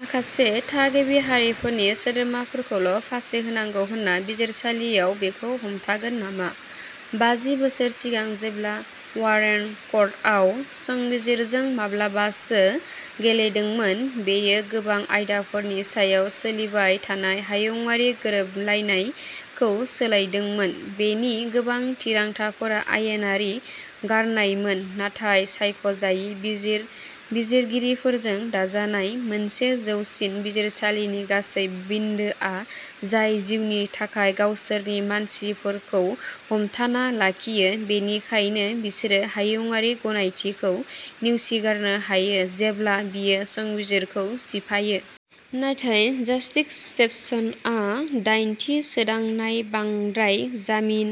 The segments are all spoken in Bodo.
माखासे थागिबि हारिफोरनि सोद्रोमाफोरखौल' फासि होनांगौ होनना बिजिरसालिया बेखौ हमथागोन नामा? बाजि बोसोर सिगां, जेब्ला वारेन कर्टआ संबिजिरजों माब्लाबासो गेलेदोंमोन, बेयो गोबां आयदाफोरनि सायाव सोलिबाय थानाय हायुङारि गोरोबलायनाय खौ सोलायदोंमोन। बेनि गोबां थिरांथाफोरा आयेनारि गारनायमोन, नाथाय सायख'जायि बिजिर बिजिरगिरिफोरजों दाजानाय मोनसे जौसिन बिजिरसालिनि गासै बिन्दोआ जाय जिउनि थाखाय गावसोरनि मासिफोरखौ हमथाना लाखियो, बेनिखायनो बिसोरो हायुङारि गनायथि खौ नेवसिगारनो हायो जेब्ला बेयो संबिजिरखौ सिफायो। नाथाय जास्टिस स्टेभेन्सआ दाइनथि सोदांनाय बांद्राय जामिन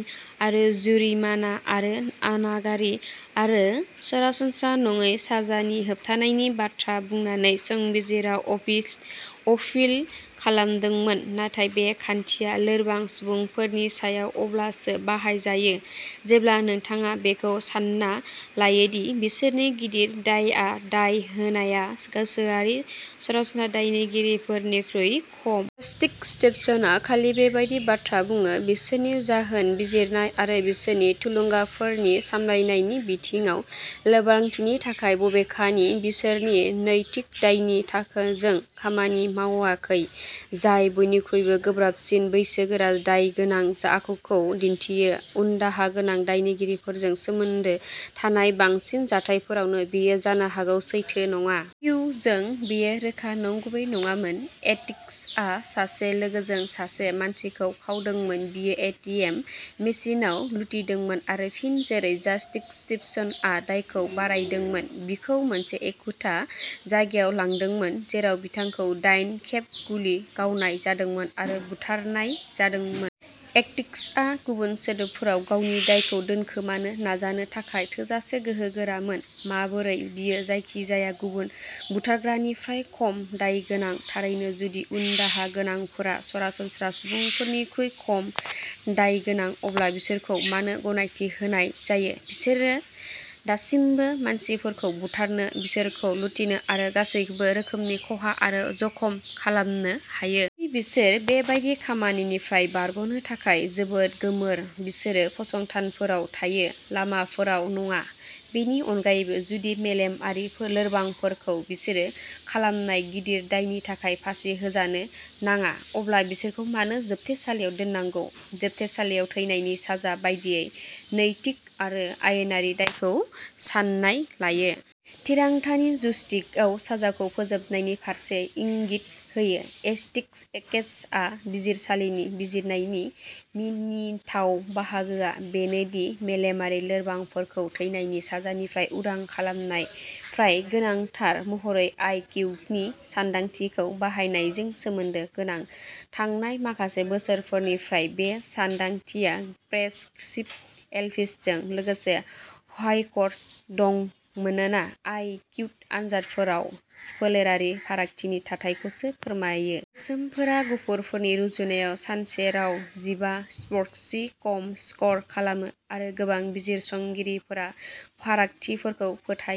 आरो जुरिमाना आरो अनागारि आरो सरासनस्रा नङै साजा नि होबथानायनि बाथ्रा बुंनानै संबिजिराव अफिस अपिल खालामदोंमोन। नाथाय बे खान्थिया लोरबां सुबुंफोरनि सायाव अब्लासो बाहायजायो जेब्ला नोंथाङा बेखौ सान्ना लायो दि बिसोरनि गिदिर दायआव दाय होनाया गोसोआरि सरासनस्रा दायगिरिफोरनिख्रुइ खम। जास्टिस स्टेभेन्सआ खालि बेबादि बाथ्रा बुङो बिसोरनि जाहोन बिजिरनाय आरो बिसोरनि थुलुंगाफोरनि सामलायनायनि बिथिङाव लोरबांथिनि थाखाय बबेखानि बिसोर नैतिक दायनि थाखोजों खामानि मावाखै जाय बयनिख्रुइबो गोब्राबसिन बैसोगोरा दायगोनां आखुखौ दिन्थियो। उनदाहा गोनां दायनिगिरिफोरजों सोमोन्दो थानाय बांसिन जाथायफोराव बेयो जानो हागौ सैथो नङा। किउ जों, बेयो रोखा नंगुबै नङामोन। एटकिन्सआ सासे लोगोजों सासे मानसिखौ खावदोंमोन बिखौ ए टि एम मेसिनआव लुथिदोंमोन आरो फिन, जेरै जास्टिस स्टिभेन्सआ दायखौ बरनायदोंमोन बिखौ मोनसे एखुथा जायगायाव लांदोंमोन जेराव बिथांखौ दाइन खेब गुलि गावनाय जादोंमोन आरो बुथारनाय जादोंमोन। एटकिन्सआ गुबुन सोदोबफोराव, गावनि दायखौ दोनखोमानो नाजानो थाखाय थोजासे गोहोगोरामोन। माबोरै बियो जायखिजाया गुबुन बुथारग्रानिख्रुइ खम दायगोनां? थारैनो जुदि उनदाहा गोनांफोरा सरासनस्रा सुबुंफोरनिख्रुइ खम दायगोनां अब्ला बिसोरखौ मानो गनायथि होनाय जायो? बिसोर दासिमबो मानसिफोरखौ बुथारनो बिसोरखौ लुथिनो आरो गासैबो रोखोमनि खहा आरो जखम खालामनो हायो। जुदि बिसोर बेबादि खालामनायनिफ्राय बारग'नो थाखाय जोबोद गोमोर बिसोर फसंथानफोराव थायो, लामाफोराव नङा। बेनि अनगायैबो जुदि मेलेमारि लोरबांफोरखौ बिसोर खालामनाय गिदिर दायनि थाखाय फासि होजानो नाङा अब्ला बिसोरखौ मानो जोबथेसालियाव दोननांगौ? जोबथेसालिया थैनायनि साजा बायदि नैतिक आरो आयेनारि दायखौ सानना लायो। थिरांथानि जुक्तिआ साजाखौ फोजोबनायनि फारसे इंगित होयो। एटकिन्स केसआ बिजिरसालिनि बिजिरनायनि मिनिथाव बाहागोआ बेनो दि मेलेमारि लोरबांफोरखौ थैनायनि साजानिफ्राय उदां खालामनाया फ्राय गोनांथार महरै आइ किउ नि सानदांथिखौ बाहायनायजों सोमोन्दो गोनां। थांनाय माखासे बोसोरफोरनिफ्राय बे सानदांथिया प्रससिभ एलिमेन्टजों लोगोसे डगहाउसाव दं मानोना आइ किउ आनजादफोरा फोलेरारि फारागथिनि थाथायखौ फोरमायो। गोसोमफोरा गुफुरफोरनि रुजुनायाव सानजेराव जिबा पइन्टसो खम स्कर खालामो आरो गोबां बिजिरसंगिरिफोरा फारागथिफोरखौ फोथायो।